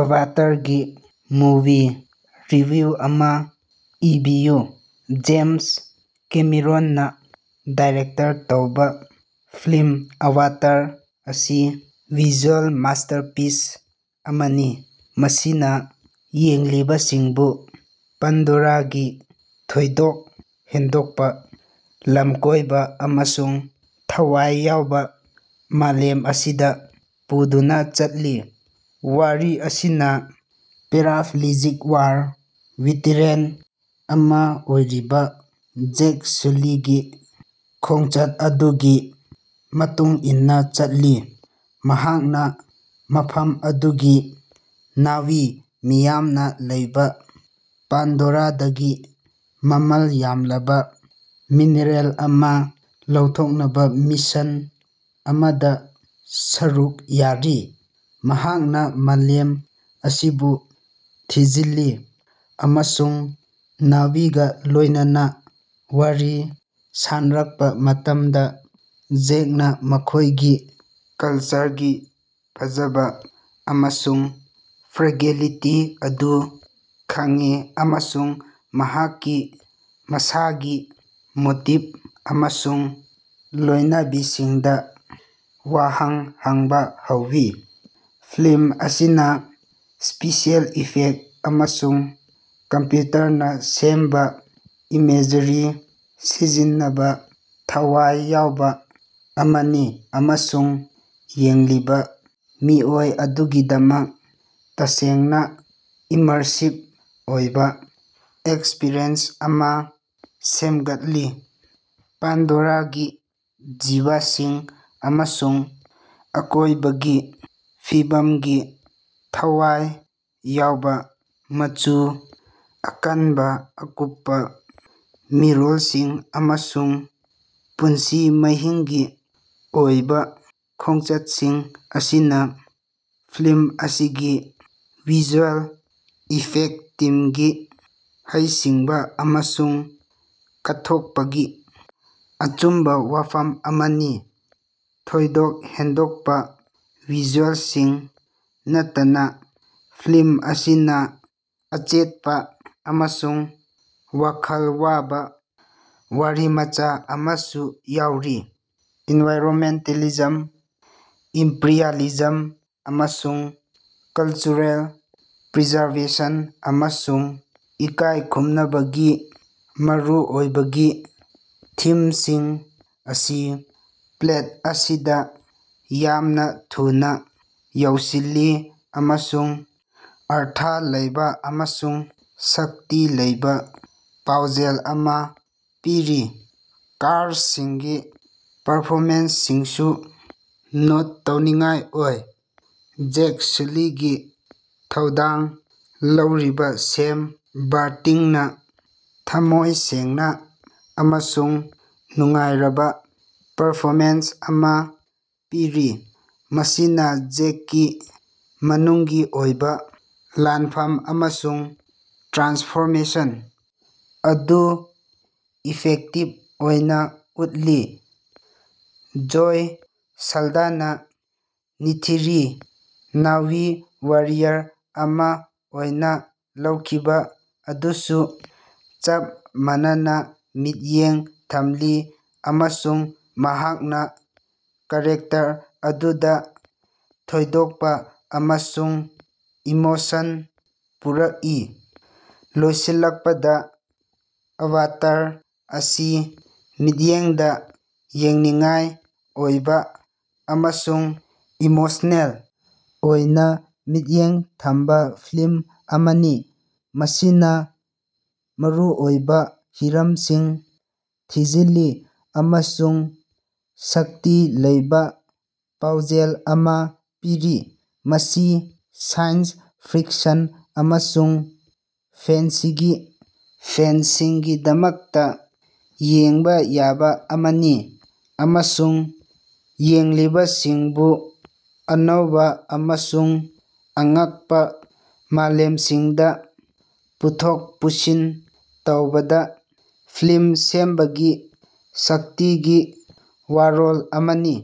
ꯑꯕꯥꯇꯥꯔꯒꯤ movie review ꯑꯃꯥ ꯏꯕꯤꯌꯨ꯫ James ꯀꯦꯃꯦꯔꯨꯟꯅꯥ ꯗꯤꯔꯦꯛꯇꯔ ꯇꯧꯕꯥ ꯐꯤꯂꯝ ꯑꯚꯥꯇꯥꯔ ꯑꯁꯤ ꯚꯤꯖꯨꯑꯦꯜ ꯃꯥꯁꯇꯔꯄꯤꯁ ꯑꯃꯅꯤ ꯃꯁꯤꯅꯥ ꯌꯦꯡꯂꯤꯕꯁꯤꯡꯕꯨ ꯄꯥꯟꯗꯣꯔꯥꯒꯤ ꯊꯣꯏꯗꯣꯛ ꯍꯦꯟꯗꯣꯛꯄꯥ, ꯂꯝꯀꯣꯏꯕꯥ ꯑꯃꯁꯨꯡ ꯊꯋꯥꯏ ꯌꯥꯎꯕꯥ ꯃꯥꯂꯦꯝ ꯑꯁꯤꯗꯥ ꯄꯨꯗꯨꯅꯥ ꯆꯠꯂꯤ꯫ ꯋꯥꯔꯤ ꯑꯁꯤꯅꯥ ꯄꯦꯔꯥꯄ꯭ꯂꯦꯖꯤꯛ ꯋꯥꯔ ꯚꯦꯇꯔꯥꯟ ꯑꯃꯥ ꯑꯣꯏꯔꯤꯕꯥ ꯖꯦꯛ ꯁꯨꯂꯤꯒꯤ ꯈꯣꯡꯆꯠ ꯑꯗꯨꯒꯤ ꯃꯇꯨꯡ ꯏꯟꯅꯥ ꯆꯠꯂꯤ, ꯃꯍꯥꯛꯅꯥ ꯃꯐꯝ ꯑꯗꯨꯒꯤ ꯅꯥꯚꯤ ꯃꯤꯌꯥꯝꯅꯥ ꯂꯩꯕꯥ ꯄꯥꯟꯗꯣꯔꯥꯗꯒꯤ ꯃꯃꯜ ꯌꯥꯝꯂꯕꯥ ꯃꯤꯅꯔꯦꯜ ꯑꯃꯥ ꯂꯧꯊꯣꯛꯅꯕꯥ ꯃꯤꯁꯟ ꯑꯃꯗꯥ ꯁꯔꯨꯛ ꯌꯥꯔꯤ꯫ ꯃꯍꯥꯛꯅꯥ ꯃꯥꯂꯦꯝ ꯑꯁꯤꯕꯨ ꯊꯤꯖꯤꯜꯂꯤ ꯑꯃꯁꯨꯡ ꯅꯥꯚꯤꯒꯥ ꯂꯣꯏꯅꯅꯥ ꯋꯥꯔꯤ ꯁꯥꯟꯔꯛꯄꯥ ꯃꯇꯝꯗꯥ, ꯖꯦꯛꯅꯥ ꯃꯈꯣꯏꯒꯤ ꯀꯜꯆꯔꯒꯤ ꯐꯖꯕꯥ ꯑꯃꯁꯨꯡ ꯐ꯭ꯔꯥꯏꯒꯤꯂꯤꯇꯤ ꯑꯗꯨ ꯈꯪꯏ ꯑꯃꯁꯨꯡ ꯃꯍꯥꯛꯀꯤ ꯃꯁꯥꯒꯤ ꯃꯣꯇꯤꯞ ꯑꯃꯁꯨꯡ ꯂꯣꯏꯅꯕꯤꯁꯤꯡꯗꯥ ꯋꯥꯍꯪ ꯍꯪꯕꯥ ꯍꯧꯏ꯫ ꯐꯤꯂꯝ ꯑꯁꯤꯅꯥ ꯁ꯭ꯄꯦꯁꯤꯑꯦꯜ ꯏꯐꯦꯛ ꯑꯃꯁꯨꯡ ꯀꯝꯄ꯭ꯌꯨꯇꯔꯅꯥ ꯁꯦꯝꯕꯥ ꯏꯃꯦꯖꯔꯤ ꯁꯤꯖꯤꯟꯅꯕꯅꯥ ꯊꯋꯥꯏ ꯌꯥꯎꯕꯥ ꯑꯃꯅꯤ ꯑꯃꯁꯨꯡ ꯌꯦꯡꯂꯤꯕꯥ ꯃꯤꯑꯣꯏ ꯑꯗꯨꯒꯤꯗꯃꯛ ꯇꯁꯦꯡꯅꯥ ꯏꯃꯔꯁꯤꯞ ꯑꯣꯏꯕꯥ ꯑꯦꯛꯁꯄ꯭ꯔꯤꯌꯦꯟꯁ ꯑꯃꯥ ꯁꯦꯝꯒꯠꯂꯤ꯫ ꯄꯥꯟꯗꯣꯔꯥꯒꯤ ꯖꯤꯕꯁꯤꯡ ꯑꯃꯁꯨꯡ ꯑꯀꯣꯏꯕꯒꯤ ꯐꯤꯕꯝꯒꯤ ꯊꯋꯥꯏ ꯌꯥꯎꯕꯥ ꯃꯆꯨ, ꯑꯀꯟꯕꯥ ꯑꯀꯨꯞꯄꯥ ꯃꯤꯔꯣꯜꯁꯤꯡ ꯑꯃꯁꯨꯡ ꯄꯨꯟꯁꯤ ꯃꯍꯤꯡꯒꯤ ꯑꯣꯏꯕꯥ ꯈꯣꯡꯆꯠꯁꯤꯡ ꯑꯁꯤꯅꯥ ꯐꯤꯂꯝ ꯑꯁꯤꯒꯤ ꯚꯤꯖꯨꯑꯦꯜ ꯏꯐꯦꯛ ꯇꯤꯝꯒꯤ ꯍꯩꯁꯤꯡꯕꯥ ꯑꯃꯁꯨꯡ ꯀꯠꯊꯣꯛꯄꯒꯤ ꯑꯆꯨꯝꯕꯥ ꯋꯥꯐꯝ ꯑꯃꯅꯤ꯫ ꯊꯣꯏꯗꯣꯛ ꯍꯦꯟꯗꯣꯛꯄꯥ ꯚꯤꯖꯨꯑꯦꯜꯁꯤꯡ ꯅꯠꯇꯅꯥ ꯐꯤꯂꯝ ꯑꯁꯤꯅꯥ ꯑꯆꯦꯠꯄꯥ ꯑꯃꯁꯨꯡ ꯋꯥꯈꯜ ꯋꯥꯕꯥ ꯋꯥꯔꯤꯃꯆꯥ ꯑꯃꯁꯨ ꯌꯥꯎꯔꯤ꯫ ꯑꯦꯟꯚꯥꯏꯔꯟꯃꯦꯟꯇꯦꯂꯤꯖꯝ, ꯏꯝꯄꯦꯔꯦꯂꯤꯖꯝ ꯑꯃꯁꯨꯡ ꯀꯜꯆꯔꯦꯜ ꯄ꯭ꯔꯤꯖꯥꯔꯕꯦꯁꯟ ꯑꯃꯁꯨꯡ ꯏꯀꯥꯏ ꯈꯨꯝꯅꯕꯒꯤ ꯃꯔꯨꯑꯣꯏꯕꯒꯤ ꯊꯤꯝꯁꯤꯡ ꯑꯁꯤ ꯄ꯭ꯂꯦꯠ ꯑꯁꯤꯗꯥ ꯌꯥꯝꯅꯥ ꯊꯨꯅꯥ ꯌꯥꯎꯁꯤꯜꯂꯤ ꯑꯃꯁꯨꯡ ꯑꯔꯊ ꯂꯩꯕꯥ ꯑꯃꯁꯨꯡ ꯁꯛꯇꯤ ꯂꯩꯕꯥ ꯄꯥꯎꯖꯦꯜ ꯑꯃꯥ ꯄꯤꯔꯤ꯫ ꯀꯥꯁꯁꯤꯡꯒꯤ ꯄꯔꯐꯣꯃꯦꯟꯁꯁꯤꯡꯁꯨ ꯅꯣꯠ ꯇꯧꯅꯤꯡꯉꯥꯏ ꯑꯣꯏ꯫ ꯖꯦꯛ ꯁꯨꯂꯤꯒꯤ ꯊꯧꯗꯥꯡ ꯂꯧꯔꯤꯕꯥ ꯁꯦꯝ ꯕꯔꯇꯤꯡꯅꯥ ꯊꯝꯃꯣꯏ ꯁꯦꯡꯅꯥ ꯑꯃꯁꯨꯡ ꯅꯨꯡꯉꯥꯏꯔꯕꯥ ꯄꯔꯐꯣꯃꯦꯟꯁ ꯑꯃꯥ ꯄꯤꯔꯤ, ꯃꯁꯤꯅꯥ ꯖꯦꯛꯀꯤ ꯃꯅꯨꯡꯒꯤ ꯑꯣꯏꯕꯥ ꯂꯥꯟꯐꯝ ꯑꯃꯁꯨꯡ ꯇ꯭ꯔꯥꯟꯁꯐꯣꯔꯃꯦꯁꯟ ꯑꯗꯨ ꯏꯐꯦꯛꯇꯤꯞ ꯑꯣꯏꯅꯥ ꯎꯠꯂꯤ꯫ Zoe Saldana Neytiri, Na'vi warrior ꯑꯃꯥ ꯑꯣꯏꯅꯥ ꯂꯧꯈꯤꯕꯥ ꯑꯗꯨꯁꯨ ꯆꯞ ꯃꯥꯟꯅꯅꯥ ꯃꯤꯠꯌꯦꯡ ꯊꯝꯂꯤ ꯑꯃꯁꯨꯡ ꯃꯍꯥꯛꯅꯥ ꯀꯥꯔꯦꯇꯔ ꯑꯗꯨꯗꯥ ꯊꯣꯏꯗꯣꯛꯄꯥ ꯑꯃꯁꯨꯡ ꯏꯃꯣꯁꯟ ꯄꯨꯔꯛꯏ꯫ ꯂꯣꯏꯁꯤꯜꯂꯛꯄꯗꯥ, ꯑꯕꯥꯇꯥꯔ ꯑꯁꯤ ꯃꯤꯠꯌꯦꯡꯗꯥ ꯌꯦꯡꯅꯤꯡꯉꯥꯏ ꯑꯣꯏꯕꯥ ꯑꯃꯁꯨꯡ ꯏꯃꯣꯁꯅꯦꯜ ꯑꯣꯏꯅꯥ ꯃꯤꯠꯌꯦꯡ ꯊꯝꯕꯥ ꯐꯤꯂꯝ ꯑꯃꯅꯤ, ꯃꯁꯤꯅꯥ ꯃꯔꯨꯑꯣꯏꯕꯥ ꯍꯤꯔꯝꯁꯤꯡ ꯊꯤꯖꯤꯜꯂꯤ ꯑꯃꯁꯨꯡ ꯁꯛꯇꯤ ꯂꯩꯕꯥ ꯄꯥꯎꯖꯦꯜ ꯑꯃꯥ ꯄꯤꯔꯤ꯫ ꯃꯁꯤ ꯁꯥꯏꯟꯁ ꯐꯤꯛꯁꯟ ꯑꯃꯁꯨꯡ ꯐꯦꯟꯁꯤꯒꯤ ꯐꯦꯟꯁꯤꯡꯒꯤꯗꯃꯛꯇꯥ ꯌꯦꯡꯕꯥ ꯌꯥꯕꯥ ꯑꯃꯅꯤ, ꯑꯃꯁꯨꯡ ꯌꯦꯡꯂꯤꯕꯁꯤꯡꯕꯨ ꯑꯅꯧꯕꯥ ꯑꯃꯁꯨꯡ ꯑꯉꯛꯄꯥ ꯃꯥꯂꯦꯝꯁꯤꯡꯗꯥ ꯄꯨꯊꯣꯛ ꯄꯨꯁꯤꯟ ꯇꯧꯕꯗꯥ ꯐꯤꯂꯝ ꯁꯦꯝꯕꯒꯤ ꯁꯛꯇꯤꯒꯤ ꯋꯥꯔꯣꯜ ꯑꯃꯅꯤ꯫